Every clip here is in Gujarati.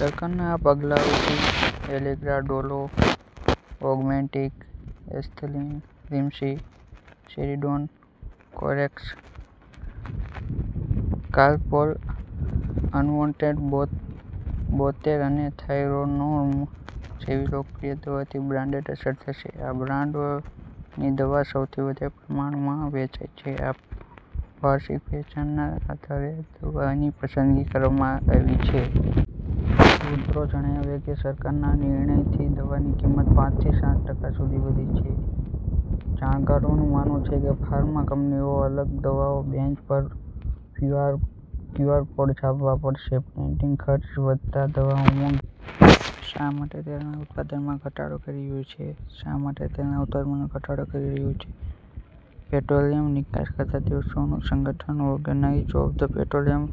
સરકારના આ પગલાથી Allegra, Dolo, Augmentin, Asthalin, Limcee, Saridon, Corex, Calpol, અનવોન્ટેડ-બોતેર અને થાયરોનોર્મ જેવી લોકપ્રિય દવાની બ્રાન્ડને અસર થશે. આ બ્રાન્ડની દવા સૌથી વધારે પ્રમાણમાં વેચાય છે અને વાર્ષિક વેચાણના આધારે આ દવાઓની પસંદગી કરવામાં આવેલી છે. સૂત્રોએ જણાવ્યું કે, સરકારના આ નિર્ણયથી દવાની કિંમત પાંચ થી સાત ટકા સુધી વધી શકે છે. જાણકારોનું માનવું છે કે, ફાર્મા કંપનીઓએ અલગ દવાના બેન્ચ પર ક્યુઆર કોડ છાપવા પડશે, પ્રિન્ટિંગ ખર્ચ વધતા દવાઓ મોંઘી શા માટે તેલના ઉત્પાદનમાં ઘટાડો કરી રહ્યું છે? શા માટે તેલના ઉત્પાદનમાં ઘટાડો કરી રહ્યું છે? પેટ્રોલિયમ નિકાસ કરતા દેશોનું સંગઠન organisation of the petroleum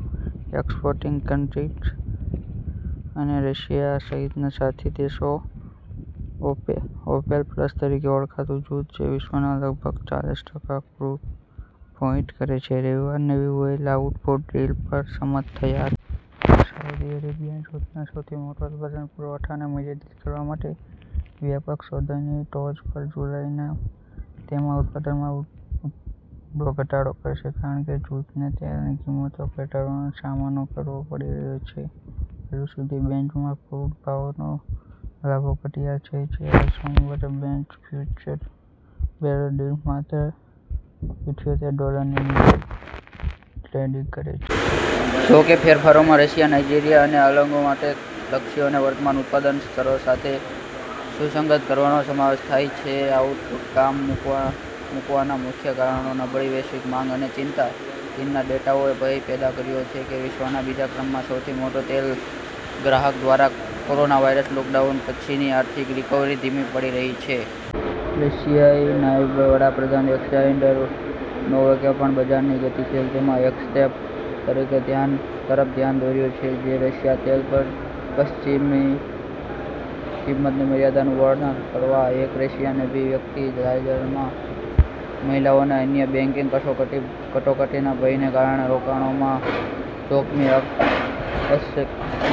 exporting countries અને રશિયા સહિતના સાથી દેશો, ઓપેક પ્લસ તરીકે ઓળખાતું જૂથ, જે વિશ્વના લગભગ ચાલીસટકા ક્રૂડ પ્રોવાઈડ કરે છે, રવિવારે નવી ઓઈલ આઉટપુટ ડીલ પર સંમત થયા હતા. સાઉદી અરેબિયા, જૂથનો સૌથી મોટો ઉત્પાદક, પુરવઠાને મર્યાદિત કરવા માટે વ્યાપક સોદાની ટોચ પર જુલાઈમાં તેના ઉત્પાદનમાં ઊંડો ઘટાડો કરશે, કારણ કે જૂથને તેલની કિંમતો ઘટવાનો સામનો કરવો પડી રહ્યો છે. હજુ સુધી બેન્ચમાર્ક ક્રૂડના ભાવોએ તે લાભો ઘટ્યા છે, જ્યારે સોમવારે બ્રેન્ટ ફ્યુચર્સ બેરલ દીઠ માત્ર ઇઠ્યોતેર ડોલરની નીચે ટ્રેડિંગ કરે છે. જો કે, ફેરફારોમાં રશિયા, નાઇજીરીયા અને અળગો માટેના લક્ષ્યોને વર્તમાન ઉત્પાદન સ્તરો સાથે સુસંગત કરવાનો સમાવેશ થાય છે. આઉટપુટ કાપ મૂકવાના મુખ્ય કારણો: નબળી વૈશ્વિક માંગ અંગે ચિંતા: ચીનના ડેટાએ ભય પેદા કર્યો છે કે વિશ્વના બીજા ક્રમના સૌથી મોટા તેલ ગ્રાહક દ્વારા કોરોનાવાયરસ લોકડાઉન પછીની આર્થિક રિકવરી ધીમી પડી રહી છે. રશિયન નાયબ વડા પ્રધાન એલેક્ઝાન્ડર નોવાકે પણ "બજારની ગતિશીલતામાં હસ્તક્ષેપ" તરફ ધ્યાન દોર્યું છે, જે રશિયન તેલ પર પશ્ચિમી કિંમતની મર્યાદાનું વર્ણન કરવા માટે એક રશિયન અભિવ્યક્તિ છે. તાજેતરના મહિનાઓમાં અન્ય બેંકિંગ કટોકટીના ભયને કારણે રોકાણકારો જોખમી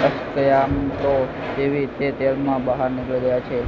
અસ્કયામતો જેવી કે તેલમાંથી બહાર નીકળી ગયા છે.